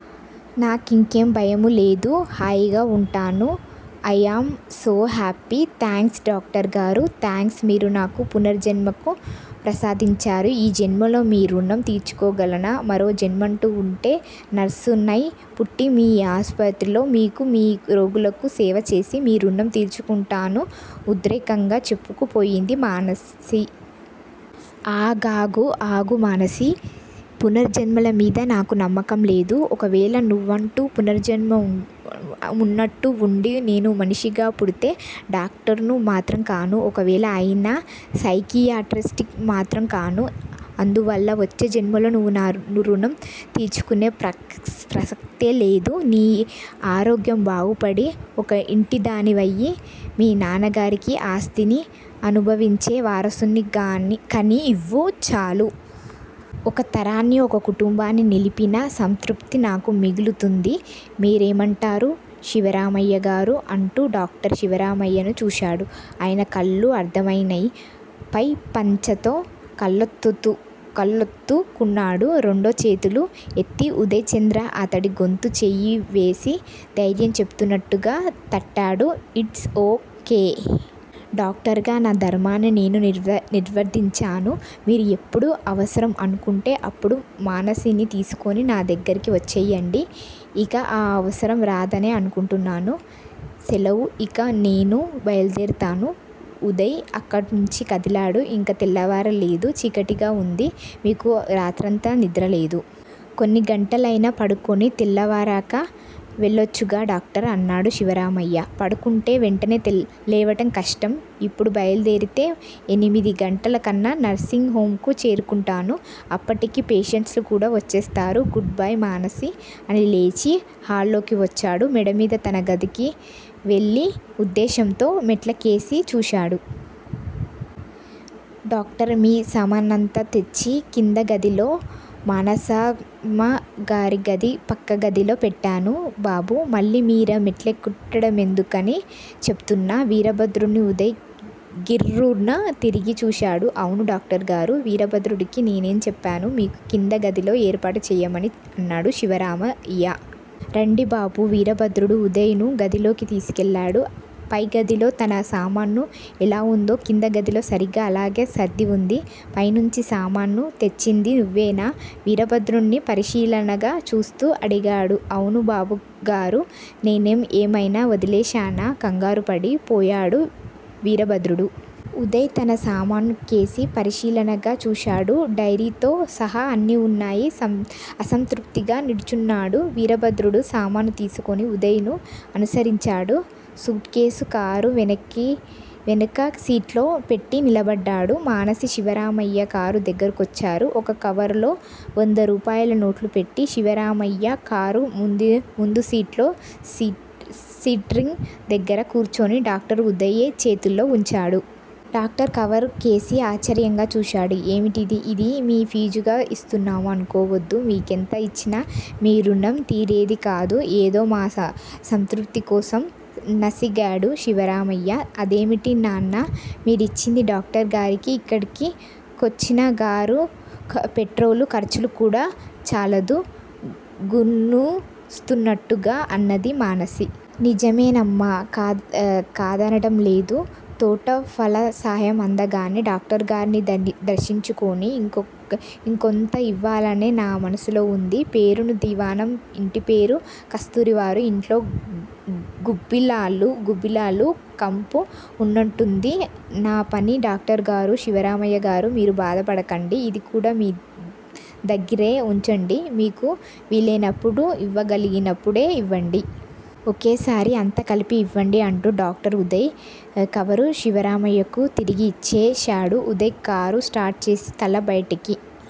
నాకింకే భయమూలేదు. హాయిగా వుంటాను. I am so happy! Thanks doctor గారూ! థ్యాంక్స్? మీరు నాకు పునర్జన్మను ప్రసాదించారు. ఈ జన్మలో మీ రుణం తీర్చుకోగలనా? మరో జన్మంటూ వుంటే, నర్సు నై పుట్టి మీ ఆసుపత్రిలో, మీకూ, మీ రోగులకూ సేవచేసి మీ రుణం తీర్చుకుంటాను ఉద్రేకంగా చెప్పుకుపోయింది మానసి. ఆగాగు! ఆగు మానసీ! పునర్జన్మలమీద నాకు నమ్మకంలేదు. ఒకవేళ నువ్వన్నట్టు పునర్జన్మంటూ వుండి, నేనుమనిషిగా పుడితే డాక్టర్ను మాత్రం కాను. ఒకవేళ అయినా సైకియాట్రిస్టునుమాత్రం కాను. అందువల్ల వచ్చే జన్మలో నువ్వు నా రుణం తీర్చుకొనే ప్రసక్తేలేదు. నీ ఆరోగ్యం బాగుపడి, ఒక ఇంటిదానివయి, మీ నాన్నగారికి ఆస్తిని అణుభావించే వారసుడ్ని కానీ ఇవ్వు చాలు. ఒక తరాన్ని ఒక కుటుంబాన్ని నిలిపిన సంతృప్తి నాకు మిగులుతుంది, మీరేమంటారు శివరామయ్యగారూ? అంటూ డాక్టర్ శివరామయ్యను చూశాడు. ఆయనకళ్ళు ఆర్ద్రమైనాయి. పై పంచతో కళ్ళోత్తుకున్నాడు. రెండు చేతులూ ఎత్తి ఉదయ్ చంద్ర అతడి గొంతు చెయ్యివేసి దైర్యం చెపుతున్నట్టుగా తట్టాడు. It's కె! డాక్టర్ గా నా ధర్మాన్ని నేను నిర్వర్తించాను మీరు ఎప్పుడు అవసరం అనుకొంటే, అప్పుడు మానసిని తీసుకొని నా దగ్గరకు వచ్చెయ్యండి. ఇక ఆ అవసరం రాదనే అనుకొంటున్నాను. శెలవ్. ఇక నేను బయలుదేర్తాను. ఉదయ్ అక్కడ్నుంచి కదిలాడు. ఇంకా తెల్లవారలేదు. చీకటిగా వుంది. మీకు రాత్రంతా నిద్రలేదు. కొన్ని గంటలైనా పడుకొని, తెల్లవారాకా వెళ్ళోచ్చుగా డాక్టర్! అన్నాడు శివరామయ్య. పడుకుంటే వెంటనే లేవడం కష్టం! ఇప్పుడు బయలుదేరితే ఎనిమిది గంటలకళ్ళా నర్సింగ్ హొమ్ కు చేరుకుంటాను. అప్పటికి ఫేషెంట్సు కూడా వచ్చేస్తారు. Goodbye Manasi! అని లేచి హాల్లోకి వచ్చాడు. మేడమీద తన గదికి వెళ్ళే ఉద్దేశ్యంతో మెట్లకేసి చూశాడు. డాక్టర్! మీ సామానంతా తెచ్చి కింద గదిలో మానసమ్మగారి గది పక్కగదిలో పెట్టాను బాబూ. మళ్ళీ మీరా మెట్లెక్కడమెందుకని చెప్తూన్న వీరభద్రుడ్ని ఉదయ్ గిర్రున తిరిగి చూశాడు. అవును డాక్టర్ గారూ. వీరభద్రుడికి నేనే చెప్పాను. మీకు కింద గదిలో ఏర్పాటు చెయ్యమని అన్నాడు శివరామయ్య. రండి బాబూ! వీరభద్రుడు ఉదయ్ ను గదిలోకి తీసుకెళ్ళాడు. పై గదిలో తన సామాను ఎలావుందో కింద గదిలో సరిగ్గా అలాగే సర్దివుంది. పైనుంచి సామాను తెచ్చింది నువ్వేనా? వీరభద్రుడ్ని పరిశీలనగా చూస్తూ అడిగాడు. అవును బాబుగారూ! నేనే! ఏమైనా వదిలేశానా? కంగారూపడి పోయాడు వీరభద్రుడు. ఉదయ్ తన సామానుకేసి పరిశీలనగా చూశాడు. డైరీతో సహాఅన్నీ వున్నాయి. సంతృప్తిగా నిట్టూర్చాడు. వీరభద్రుడు సామాను తీసుకొని ఉదయ్ ను అనుసరించాడు. సూట్ కేసు కారు వెనకసీట్లో పెట్టి నిలబడ్డాడు. మానసి, శివరామయ్య కారు దగ్గరకొచ్చారు. ఒక కవరులో వందరూపాయల నోట్లుపెట్టి, శివరామయ్య కారు ముందుసీట్లో స్టీరింగ్ దగ్గిర కూర్చున్న డాక్టర్ ఉదయ్ చేతుల్లో వుంచాడు. డాక్టర్ కవర్ కేసి ఆశ్చర్యంగా చూశాడు. ఏమిటిది? ఇది మీ ఫీజుగా ఇస్తున్నాం అనుకోవద్దు మీకెంత ఇచ్చినా మీ రుణం తీరేదికాదు. ఏదో మా సంతృప్తికోసం నసిగాడు శివరామయ్య. అదేమిటి నాన్నా! మీరిచ్చింది డాక్టర్ గారికి ఇక్కడి కొచ్చినకారు పెట్రోలు ఖర్చులకు కూడా చాలదు. గుణుస్తున్నట్టుగా అన్నది మానసి. నిజమేనమ్మా! కాదనడంలేదు! తోటఫలసాయం అందగానే డాక్టరుగార్ని దర్శించుకొని, ఇంకొంత ఇవ్వాలనే నా మనసులో వుంది. పేరుకు దివాణం. ఇంటిపేరు కస్తూరివారు, ఇంట్లో గుబ్బిలాలు కంపు అన్నట్టుంది నా పని డాక్టరుగారూ? శివరామయ్యగారూ! మీరు బాధపడకండి. ఇదికూడా మీ దగ్గిరే వుంచండి. మీకు వీలైనప్పుడే, ఇవ్వగలగినప్పుడే ఇవ్వండి. ఒకేసారిఅంతా కలిపి ఇవ్వండి అంటూ డాక్టర్ ఉదయ్, కవరు శివరామయ్యకు తిరిగి ఇచ్చేశాడు. ఉదయ్ కారు స్టార్ట్ చేసి తల బయటికి